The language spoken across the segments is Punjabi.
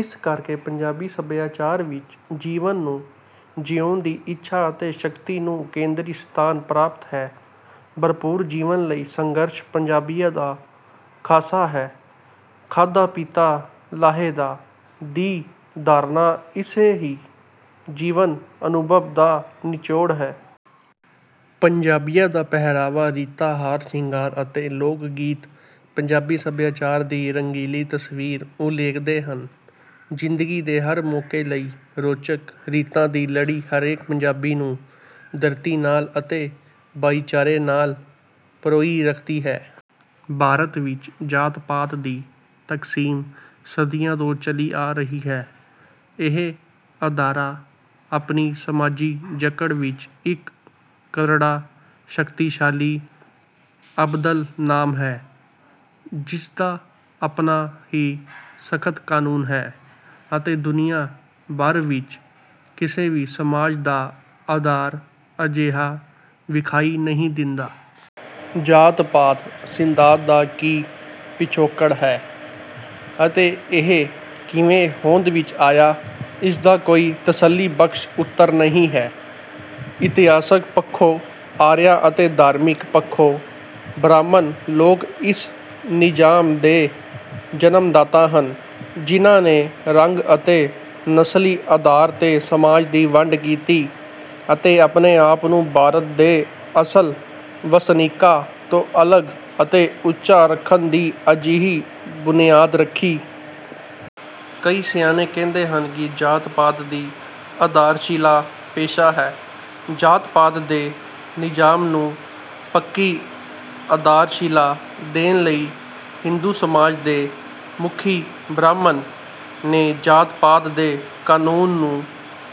ਇਸੇ ਕਰਕੇ ਪੰਜਾਬੀ ਸੱਭਿਆਚਾਰ ਵਿੱਚ ਜੀਵਨ ਨੂੰ ਜਿਊਣ ਦੀ ਇੱਛਾ ਅਤੇ ਸ਼ਕਤੀ ਨੂੰ ਕੇਂਦਰੀ ਸਥਾਨ ਪ੍ਰਾਪਤ ਹੈ। ਭਰਪੂਰ ਜੀਵਨ ਲਈ ਸੰਘਰਸ਼ ਪੰਜਾਬੀਆਂ ਦਾ ਖ਼ਾਸਾ ਹੈ। 'ਖਾਧਾ ਪੀਤਾ ਲਾਹੇ ਦਾ' ਦੀ ਧਾਰਨਾ ਇਸੇ ਹੀ ਜੀਵਨ-ਅਨੁਭਵ ਦਾ ਨਿਚੋੜ ਹੈ। ਪੰਜਾਬੀਆਂ ਦਾ ਪਹਿਰਾਵਾ, ਰੀਤਾਂ, ਹਾਰ-ਸ਼ਿੰਗਾਰ ਅਤੇ ਲੋਕ-ਗੀਤ ਪੰਜਾਬੀ ਸੱਭਿਆਚਾਰ ਦੀ ਰੰਗੀਲੀ ਤਸਵੀਰ ਉਲੀਕਦੇ ਹਨ। ਜ਼ਿੰਦਗੀ ਦੇ ਹਰ ਮੌਕੇ ਲਈ ਰੌਚਕ ਰੀਤਾਂ ਦੀ ਲੜੀ ਹਰੇਕ ਪੰਜਾਬੀ ਨੂੰ ਧਰਤੀ ਨਾਲ ਅਤੇ ਭਾਈਚਾਰੇ ਨਾਲ ਪਰੋਈ ਰੱਖਦੀ ਹੈ। ਭਾਰਤ ਵਿੱਚ ਜਾਤ-ਪਾਤ ਦੀ ਤਕਸੀਮ ਸਦੀਆਂ ਤੋਂ ਚੱਲੀ ਆ ਰਹੀ ਹੈ। ਇਹ ਅਦਾਰਾ ਆਪਣੀ ਸਮਾਜੀ ਜਕੜ ਵਿੱਚ ਇੱਕ ਕਰੜਾ, ਸ਼ਕਤੀਸ਼ਾਲੀ, ਅਬਦਲ ਨਾਮ ਹੈ, ਜਿਸਦਾ ਆਪਣਾ ਹੀ ਸਖ਼ਤ ਕਾਨੂੰਨ ਹੈ ਅਤੇ ਦੁਨੀਆ ਭਰ ਵਿੱਚ ਕਿਸੇ ਵੀ ਸਮਾਜ ਦਾ ਆਧਾਰ ਅਜਿਹਾ ਵਿਖਾਈ ਨਹੀਂ ਦਿੰਦਾ। ਜਾਤ-ਪਾਤ ਸਿਧਾਂਤ ਦਾ ਕੀ ਪਿਛੋਕੜ ਹੈ ਅਤੇ ਇਹ ਕਿਵੇਂ ਹੋਂਦ ਵਿੱਚ ਆਇਆ, ਇਸਦਾ ਕੋਈ ਤਸੱਲੀਬਖਸ਼ ਉੱਤਰ ਨਹੀਂ ਹੈ। ਇਤਿਹਾਸਕ ਪੱਖੋਂ ਆਰੀਆ ਅਤੇ ਧਾਰਮਿਕ ਪੱਖੋਂ ਬ੍ਰਾਹਮਣ ਲੋਕ ਇਸ ਨਿਜ਼ਾਮ ਦੇ ਜਨਮਦਾਤਾ ਹਨ, ਜਿਨ੍ਹਾਂ ਨੇ ਰੰਗ ਅਤੇ ਨਸਲੀ ਆਧਾਰ 'ਤੇ ਸਮਾਜ ਦੀ ਵੰਡ ਕੀਤੀ ਅਤੇ ਆਪਣੇ ਆਪ ਨੂੰ ਭਾਰਤ ਦੇ ਅਸਲ ਵਸਨੀਕਾਂ ਤੋਂ ਅਲੱਗ ਅਤੇ ਉੱਚਾ ਰੱਖਣ ਦੀ ਅਜਿਹੀ ਬੁਨਿਆਦ ਰੱਖੀ। ਕਈ ਸਿਆਣੇ ਕਹਿੰਦੇ ਹਨ ਕਿ ਜਾਤ-ਪਾਤ ਦੀ ਆਧਾਰਸ਼ਿਲਾ ਪੇਸ਼ਾ ਹੈ। ਜਾਤ-ਪਾਤ ਦੇ ਨਿਜ਼ਾਮ ਨੂੰ ਪੱਕੀ ਆਧਾਰਸ਼ਿਲਾ ਦੇਣ ਲਈ ਹਿੰਦੂ ਸਮਾਜ ਦੇ ਮੁਖੀ ਬ੍ਰਾਹਮਣ ਨੇ ਜਾਤ-ਪਾਤ ਦੇ ਕਾਨੂੰਨ ਨੂੰ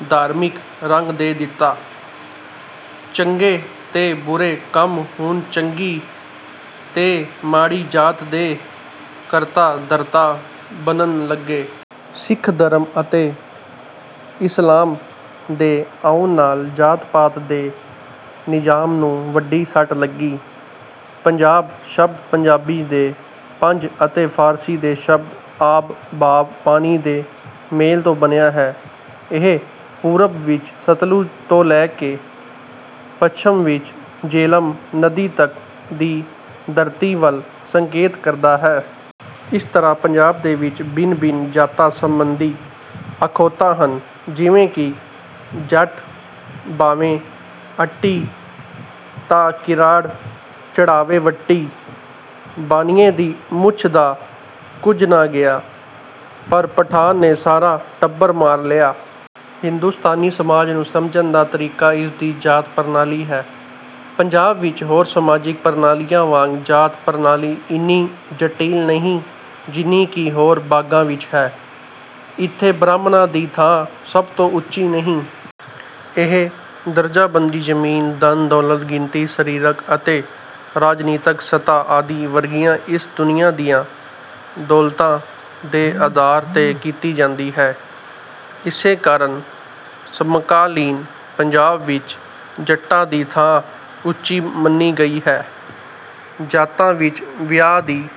ਧਾਰਮਿਕ ਰੰਗ ਦੇ ਦਿੱਤਾ। ਚੰਗੇ ਤੇ ਬੁਰੇ ਕੰਮ ਹੁਣ ਚੰਗੀ ਤੇ ਮਾੜੀ ਜਾਤ ਦੇ ਕਰਤਾ-ਧਰਤਾ ਬਣਨ ਲੱਗੇ। ਸਿੱਖ ਧਰਮ ਅਤੇ ਇਸਲਾਮ ਦੇ ਆਉਣ ਨਾਲ ਜਾਤ-ਪਾਤ ਦੇ ਨਿਜ਼ਾਮ ਨੂੰ ਵੱਡੀ ਸੱਟ ਲੱਗੀ। ਪੰਜਾਬ ਸ਼ਬਦ ਪੰਜਾਬੀ ਦੇ 'ਪੰਜ' ਅਤੇ ਫਾਰਸੀ ਦੇ ਸ਼ਬਦ 'ਆਬ' ਭਾਵ ਪਾਣੀ ਦੇ ਮੇਲ ਤੋਂ ਬਣਿਆ ਹੈ। ਇਹ ਪੂਰਬ ਵਿੱਚ ਸਤਲੁਜ ਤੋਂ ਲੈ ਕੇ ਪੱਛਮ ਵਿੱਚ ਝੇਲਮ ਨਦੀ ਤੱਕ ਦੀ ਧਰਤੀ ਵੱਲ ਸੰਕੇਤ ਕਰਦਾ ਹੈ। ਇਸੇ ਤਰ੍ਹਾਂ ਪੰਜਾਬ ਦੇ ਵਿੱਚ ਭਿੰਨ-ਭਿੰਨ ਜਾਤਾਂ ਸੰਬੰਧੀ ਅਖੌਤਾਂ ਹਨ। ਜਿਵੇਂ ਕਿ: "ਜੱਟ ਭਾਵੇਂ ਅੱਟੀ ਤਾਂ ਕਿਰਾੜ ਚੜ੍ਹਾਵੇ ਵੱਟੀ। ਬਾਣੀਏ ਦੀ ਮੁੱਛ ਦਾ ਕੁਝ ਨਾ ਗਿਆ, ਪਰ ਪਠਾਨ ਨੇ ਸਾਰਾ ਟੱਬਰ ਮਾਰ ਲਿਆ।" ਹਿੰਦੁਸਤਾਨੀ ਸਮਾਜ ਨੂੰ ਸਮਝਣ ਦਾ ਤਰੀਕਾ ਇਸਦੀ ਜਾਤ-ਪ੍ਰਣਾਲੀ ਹੈ। ਪੰਜਾਬ ਵਿੱਚ ਹੋਰ ਸਮਾਜਿਕ ਪ੍ਰਣਾਲੀਆਂ ਵਾਂਗ ਜਾਤ-ਪ੍ਰਣਾਲੀ ਇੰਨੀ ਜਟਿਲ ਨਹੀਂ ਜਿੰਨੀ ਕਿ ਹੋਰ ਭਾਗਾਂ ਵਿੱਚ ਹੈ। ਇੱਥੇ ਬ੍ਰਾਹਮਣਾਂ ਦੀ ਥਾਂ ਸਭ ਤੋਂ ਉੱਚੀ ਨਹੀਂ। ਇਹ ਦਰਜਾਬੰਦੀ ਜ਼ਮੀਨ, ਧਨ-ਦੌਲਤ, ਗਿਣਤੀ, ਸਰੀਰਕ ਅਤੇ ਰਾਜਨੀਤਕ ਸੱਤਾ ਆਦਿ ਵਰਗੀਆਂ ਇਸ ਦੁਨੀਆ ਦੀਆਂ ਦੌਲਤਾਂ ਦੇ ਆਧਾਰ 'ਤੇ ਕੀਤੀ ਜਾਂਦੀ ਹੈ। ਇਸੇ ਕਾਰਨ ਸਮਕਾਲੀਨ ਪੰਜਾਬ ਵਿੱਚ ਜੱਟਾਂ ਦੀ ਥਾਂ ਉੱਚੀ ਮੰਨੀ ਗਈ ਹੈ। ਜਾਤਾਂ ਵਿੱਚ ਵਿਆਹ ਦੀ